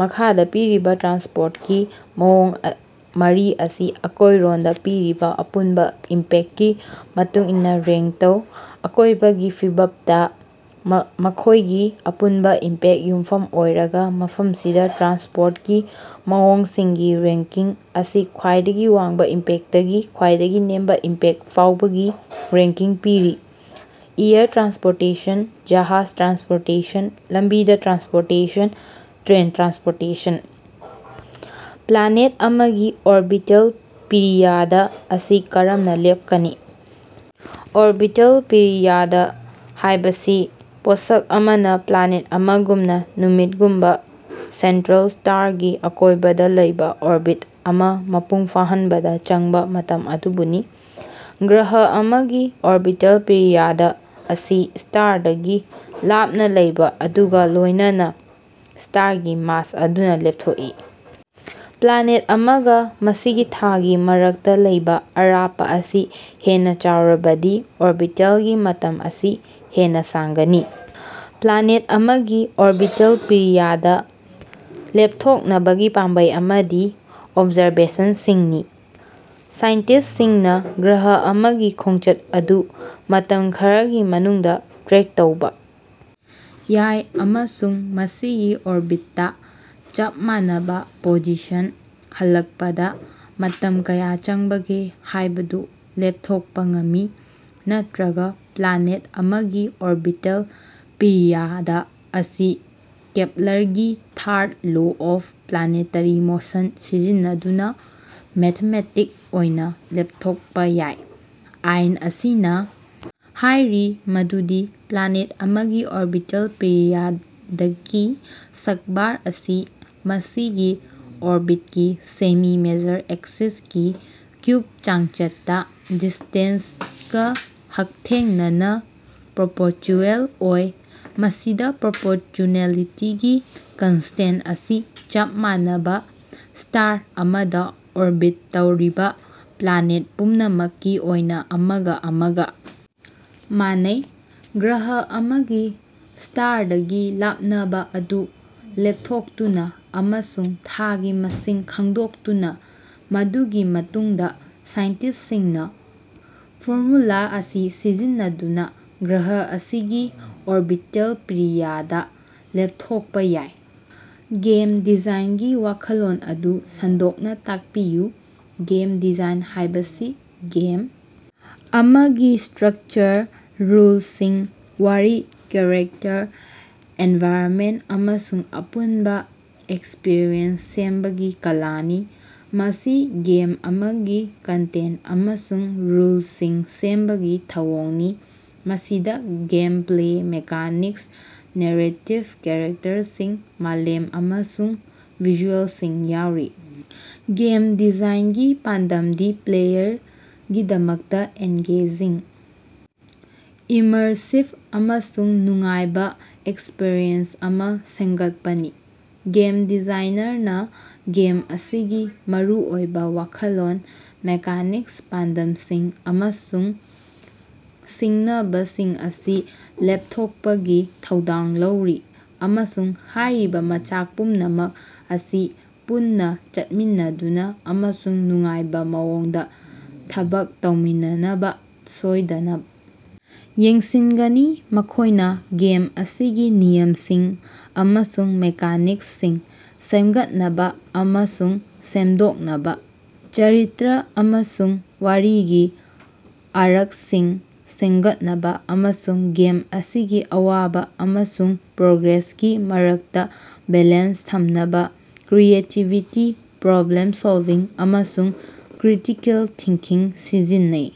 ꯃꯈꯥꯗꯥ ꯄꯤꯔꯤꯕꯥ ꯇ꯭ꯔꯥꯟꯁꯄꯣꯔꯠꯀꯤ ꯃꯑꯣꯡ ꯃꯔꯤ ꯑꯁꯤ ꯑꯀꯣꯏꯔꯣꯟꯗꯥ ꯄꯤꯔꯤꯕꯥ ꯑꯄꯨꯟꯕꯥ ꯏꯝꯄꯦꯛꯀꯤ ꯃꯇꯨꯡꯏꯟꯅꯥ ꯔꯦꯡꯛ ꯇꯧ꯫ ꯑꯀꯣꯏꯕꯒꯤ ꯐꯤꯕꯝꯗꯥ ꯃꯈꯣꯏꯒꯤ ꯑꯄꯨꯟꯕꯥ ꯏꯝꯄꯦꯛ ꯌꯨꯝꯐꯝ ꯑꯣꯏꯔꯒꯥ ꯃꯐꯝꯁꯤꯗꯥ ꯇ꯭ꯔꯥꯟꯁꯄꯣꯔꯠꯀꯤ ꯃꯑꯣꯡꯁꯤꯡꯒꯤ ꯔꯦꯡꯀꯤꯡ ꯑꯁꯤ ꯈ꯭ꯋꯥꯏꯗꯒꯤ ꯋꯥꯡꯕꯥ ꯏꯝꯄꯦꯛꯇꯒꯤ ꯈ꯭ꯋꯥꯏꯗꯒꯤ ꯅꯦꯝꯕꯥ ꯏꯝꯄꯦꯛ ꯐꯥꯎꯕꯒꯤ ꯔꯦꯡꯀꯤꯡ ꯄꯤꯔꯤ ꯑꯦꯌꯔ ꯇ꯭ꯔꯥꯟꯁꯄꯣꯔꯇꯦꯁꯟ ꯖꯍꯥꯖ ꯇ꯭ꯔꯥꯟꯁꯄꯣꯔꯇꯦꯁꯟ ꯂꯝꯕꯤꯗꯥ ꯇ꯭ꯔꯥꯟꯁꯄꯣꯔꯇꯦꯁꯟ ꯇ꯭ꯔꯦꯟ ꯇ꯭ꯔꯥꯟꯁꯄꯣꯔꯇꯦꯁꯟ꯫ ꯄ꯭ꯂꯥꯅꯦꯠ ꯑꯃꯒꯤ ꯑꯣꯔꯕꯤꯇꯦꯜ ꯄꯤꯔꯤꯌꯥꯗ ꯑꯁꯤ ꯀꯔꯝꯅ ꯂꯦꯞꯀꯅꯤ? ꯑꯣꯔꯕꯤꯇꯦꯜ ꯄꯤꯔꯤꯌꯥꯗ ꯍꯥꯏꯕꯁꯤ ꯄꯣꯠꯁꯛ ꯑꯃꯅꯥ ꯄ꯭ꯂꯥꯅꯦꯠ ꯑꯃꯒꯨꯝꯅꯥ ꯅꯨꯃꯤꯠꯒꯨꯝꯕꯥ ꯁꯦꯟꯇ꯭ꯔꯦꯜ ꯁ꯭ꯇꯥꯔꯒꯤ ꯑꯀꯣꯏꯕꯗꯥ ꯂꯩꯕꯥ ꯑꯣꯔꯕꯤꯠ ꯑꯃꯥ ꯃꯄꯨꯡ ꯐꯥꯍꯟꯕꯗꯥ ꯆꯪꯕꯥ ꯃꯇꯝ ꯑꯗꯨꯕꯨꯅꯤ꯫ ꯒ꯭ꯔꯍ ꯑꯃꯒꯤ ꯑꯣꯔꯕꯤꯇꯦꯜ ꯄꯤꯔꯤꯌꯥꯗ ꯑꯁꯤ ꯁ꯭ꯇꯥꯔꯗꯒꯤ ꯂꯥꯞꯅꯥ ꯂꯩꯕꯥ ꯑꯗꯨꯒꯥ ꯂꯣꯏꯅꯅꯥ ꯁ꯭ꯇꯥꯔꯒꯤ ꯃꯥꯁ ꯑꯗꯨꯅꯥ ꯂꯦꯞꯊꯣꯛꯏ꯫ ꯄ꯭ꯂꯥꯅꯦꯠ ꯑꯃꯒꯥ ꯃꯁꯤꯒꯤ ꯊꯥꯒꯤ ꯃꯔꯛꯇꯥ ꯂꯩꯕꯥ ꯑꯔꯥꯞꯄꯥ ꯑꯁꯤ ꯍꯦꯟꯅꯥ ꯆꯥꯎꯔꯕꯗꯤ ꯑꯣꯔꯕꯤꯇꯦꯜꯒꯤ ꯃꯇꯝ ꯑꯁꯤ ꯍꯦꯟꯅꯥ ꯁꯥꯡꯒꯅꯤ꯫ ꯄ꯭ꯂꯥꯅꯦꯠ ꯑꯃꯒꯤ ꯑꯣꯔꯕꯤꯇꯦꯜ ꯄꯤꯔꯤꯌꯗ ꯂꯦꯞꯊꯣꯛꯅꯕꯒꯤ ꯄꯥꯝꯕꯩ ꯑꯃꯗꯤ ꯑꯣꯕꯖꯥꯔꯕꯦꯁꯟꯁꯤꯡꯅꯤ꯫ ꯁꯥꯏꯟꯇꯤꯁ꯭ꯠꯁꯤꯡꯅꯥ ꯒ꯭ꯔꯍ ꯑꯃꯒꯤ ꯈꯣꯡꯆꯠ ꯑꯗꯨ ꯃꯇꯝ ꯈꯔꯒꯤ ꯃꯅꯨꯡꯗꯥ ꯇ꯭ꯔꯦꯛ ꯇꯧꯕꯥ ꯌꯥꯏ ꯑꯃꯁꯨꯡ ꯃꯁꯤꯒꯤ ꯑꯣꯔꯕꯤꯠꯇꯥ ꯆꯞ ꯃꯥꯟꯅꯕꯥ ꯄꯣꯖꯤꯁꯟꯗꯥ ꯍꯜꯂꯛꯄꯗꯥ ꯃꯇꯝ ꯀꯌꯥ ꯆꯪꯕꯒꯦ ꯍꯥꯏꯕꯗꯨ ꯂꯦꯞꯊꯣꯛꯄꯥ ꯉꯝꯃꯤ꯫ ꯅꯠꯇ꯭ꯔꯒꯥ ꯄ꯭ꯂꯥꯅꯦꯠ ꯑꯃꯒꯤ ꯑꯣꯔꯕꯤꯇꯦꯜ ꯄꯤꯔꯤꯌꯗ ꯑꯁꯤ ꯀꯦꯞꯂꯔꯒꯤ third law of planetary motion ꯁꯤꯖꯤꯟꯅꯗꯨꯅꯥ ꯃꯦꯊꯃꯦꯇꯤꯛ ꯑꯣꯏꯅꯥ ꯂꯦꯞꯊꯣꯛꯄꯥ ꯌꯥꯏ꯫ ꯑꯥꯏꯟ ꯑꯁꯤꯅꯥ ꯍꯥꯏꯔꯤ ꯃꯗꯨꯗꯤ ꯄ꯭ꯂꯥꯅꯦꯠ ꯑꯃꯒꯤ ꯑꯣꯔꯕꯤꯇꯦꯜ ꯄꯤꯔꯤꯌꯥꯗꯀꯤ ꯁ꯭ꯛꯕꯥꯔ ꯑꯁꯤ ꯃꯁꯤꯒꯤ ꯑꯣꯔꯕꯤꯠꯀꯤ ꯁꯦꯃꯤ-ꯃꯦꯖꯔ ꯑꯦꯛꯁꯤꯁꯀꯤ ꯀ꯭ꯌꯨꯕ ꯆꯥꯡꯆꯠꯇꯥ ꯗꯤꯁ꯭ꯇꯦꯟꯁꯒꯥ ꯍꯛꯊꯦꯡꯅꯅꯥ ꯄ꯭ꯔꯣꯄꯣꯆꯨꯑꯦꯜ ꯑꯣꯏ ꯃꯁꯤꯗꯥ ꯄ꯭ꯔꯣꯄꯣꯆꯨꯅꯦꯂꯤꯇꯤꯒꯤ ꯀꯟꯁꯇꯦꯟꯠ ꯑꯁꯤ ꯆꯞ ꯃꯥꯟꯅꯕꯥ ꯁ꯭ꯇꯥꯔ ꯑꯃꯗꯥ ꯑꯣꯔꯕꯤꯠ ꯇꯧꯔꯤꯕꯥ ꯄ꯭ꯂꯥꯅꯦꯠ ꯄꯨꯝꯅꯃꯛꯀꯤ ꯑꯣꯏꯅꯥ ꯑꯃꯒꯥ ꯑꯃꯒꯥ ꯃꯥꯟꯅꯩ꯫ ꯒ꯭ꯔꯍ ꯑꯃꯒꯤ ꯁ꯭ꯇꯥꯔꯗꯒꯤ ꯂꯥꯞꯅꯕꯥ ꯑꯗꯨ ꯂꯦꯞꯊꯣꯛꯇꯨꯅꯥ ꯑꯃꯁꯨꯡ ꯊꯥꯒꯤ ꯃꯁꯤꯡ ꯈꯪꯗꯣꯛꯇꯨꯅꯥ ꯃꯗꯨꯒꯤ ꯃꯇꯨꯡꯗꯥ ꯁꯥꯏꯟꯇꯤꯁ꯭ꯠꯁꯤꯡꯅꯥ ꯐꯣꯔꯃꯨꯂꯥ ꯑꯁꯤ ꯁꯤꯖꯤꯟꯅꯗꯨꯅꯥ ꯒ꯭ꯔꯍ ꯑꯁꯤꯒꯤ ꯑꯣꯔꯕꯤꯇꯦꯜ ꯄꯤꯔꯤꯌꯥꯗ ꯂꯦꯞꯊꯣꯛꯄꯥ ꯌꯥꯏ꯫ ꯒꯦꯝ ꯗꯤꯖꯥꯏꯟꯒꯤ ꯋꯥꯈꯜꯂꯣꯟ ꯑꯗꯨ ꯁꯟꯗꯣꯛꯅꯥ ꯇꯥꯛꯄꯤꯌꯨ꯫ ꯒꯦꯝ ꯗꯤꯖꯥꯏꯟ ꯍꯥꯏꯕꯁꯤ ꯒꯦꯝ ꯑꯃꯒꯤ ꯁ꯭ꯇꯔꯛꯆꯔ ꯔꯨꯜꯁꯤꯡ ꯋꯥꯔꯤ ꯀꯦꯔꯦꯛꯇꯔ ꯑꯦꯟꯚꯥꯏꯔꯟꯃꯦꯟꯠ ꯑꯃꯁꯨꯡ ꯑꯄꯨꯟꯕꯥ ꯑꯦꯛꯁꯄꯤꯔꯤꯑꯦꯟꯁ ꯁꯦꯝꯕꯒꯤ ꯀꯂꯥꯅꯤ꯫ ꯃꯁꯤ ꯒꯦꯝ ꯑꯃꯒꯤ ꯀꯟꯇꯦꯟꯠ ꯑꯃꯁꯨꯡ ꯔꯨꯜꯁꯤꯡ ꯁꯦꯝꯕꯒꯤ ꯊꯧꯑꯣꯡꯅꯤ ꯃꯁꯤꯗꯥ ꯒꯦꯝꯄ꯭ꯂꯦ ꯃꯦꯀꯥꯅꯤꯛꯁ ꯅꯦꯔꯦꯇꯤꯕ ꯀꯦꯔꯦꯛꯇꯔꯁꯤꯡ ꯃꯥꯂꯦꯝ ꯑꯃꯁꯨꯡ ꯚꯤꯖꯨꯑꯦꯂꯁꯤꯡ ꯌꯥꯎꯔꯤ꯫ ꯒꯦꯝ ꯗꯤꯖꯥꯏꯟꯒꯤ ꯄꯥꯟꯗꯝꯗꯤ ꯄ꯭ꯂꯦꯌꯔꯒꯤꯗꯃꯛꯇꯥ ꯑꯦꯡꯒꯦꯖꯤꯡ ꯏꯃꯔꯁꯤꯕ ꯑꯃꯁꯨꯡ ꯅꯨꯡꯉꯥꯏꯕꯥ ꯑꯦꯛꯁꯄꯔꯤꯌꯦꯟꯁ ꯑꯃꯥ ꯁꯦꯝꯒꯠꯄꯅꯤ꯫ ꯒꯦꯝ ꯗꯤꯖꯥꯏꯅꯔꯅꯥ ꯒꯦꯝ ꯑꯁꯤꯒꯤ ꯃꯔꯨꯑꯣꯏꯕꯥ ꯋꯥꯈꯜꯂꯣꯟ ꯃꯦꯀꯥꯅꯤꯛꯁ ꯄꯥꯟꯗꯝꯁꯤꯡ ꯑꯃꯁꯨꯡ ꯁꯤꯡꯅꯕꯁꯤꯡ ꯑꯁꯤ ꯂꯦꯞꯊꯣꯛꯄꯒꯤ ꯊꯧꯗꯥꯡ ꯂꯧꯔꯤ ꯑꯃꯁꯨꯡ ꯍꯥꯏꯔꯤꯕꯥ ꯃꯆꯥꯛ ꯄꯨꯝꯅꯃꯛ ꯑꯁꯤ ꯄꯨꯟꯅꯥ ꯆꯠꯃꯤꯟꯅꯗꯨꯅꯥ ꯑꯃꯁꯨꯡ ꯅꯨꯡꯉꯥꯏꯕꯥ ꯃꯑꯣꯡꯗꯥ ꯊꯕꯛ ꯇꯧꯃꯤꯟꯅꯅꯕꯥ ꯁꯣꯏꯗꯅꯥ ꯌꯦꯡꯁꯤꯟꯒꯅꯤ꯫ ꯃꯈꯣꯏꯅꯥ ꯒꯦꯝ ꯑꯁꯤꯒꯤ ꯅꯤꯌꯝꯁꯤꯡ ꯑꯃꯁꯨꯡ ꯃꯦꯀꯥꯅꯤꯛꯁꯁꯤꯡ ꯁꯦꯝꯒꯠꯅꯕꯥ ꯑꯃꯁꯨꯡ ꯁꯦꯝꯗꯣꯛꯅꯕꯥ ꯆꯔꯤꯇꯔ ꯑꯃꯁꯨꯡ ꯋꯥꯔꯤꯒꯤ ꯑꯥꯔꯛꯁꯤꯡ ꯁꯦꯝꯒꯠꯅꯕꯥ ꯑꯃꯁꯨꯡ ꯒꯦꯝ ꯑꯁꯤꯒꯤ ꯑꯋꯥꯕꯥ ꯑꯃꯁꯨꯡ ꯄ꯭ꯔꯣꯒ꯭ꯔꯦꯁꯀꯤ ꯃꯔꯛꯇꯥ ꯕꯦꯂꯦꯟꯁ ꯊꯝꯅꯕꯥ ꯀ꯭ꯔꯤꯌꯦꯇꯤꯕꯤꯇꯤ ꯄ꯭ꯔꯣꯕ꯭ꯂꯦꯝ ꯁꯣꯜꯕꯤꯡ ꯑꯃꯁꯨꯡ ꯀ꯭ꯔꯤꯇꯤꯀꯦꯜ ꯊꯤꯡꯀꯤꯡ ꯁꯤꯖꯤꯟꯅꯩ꯫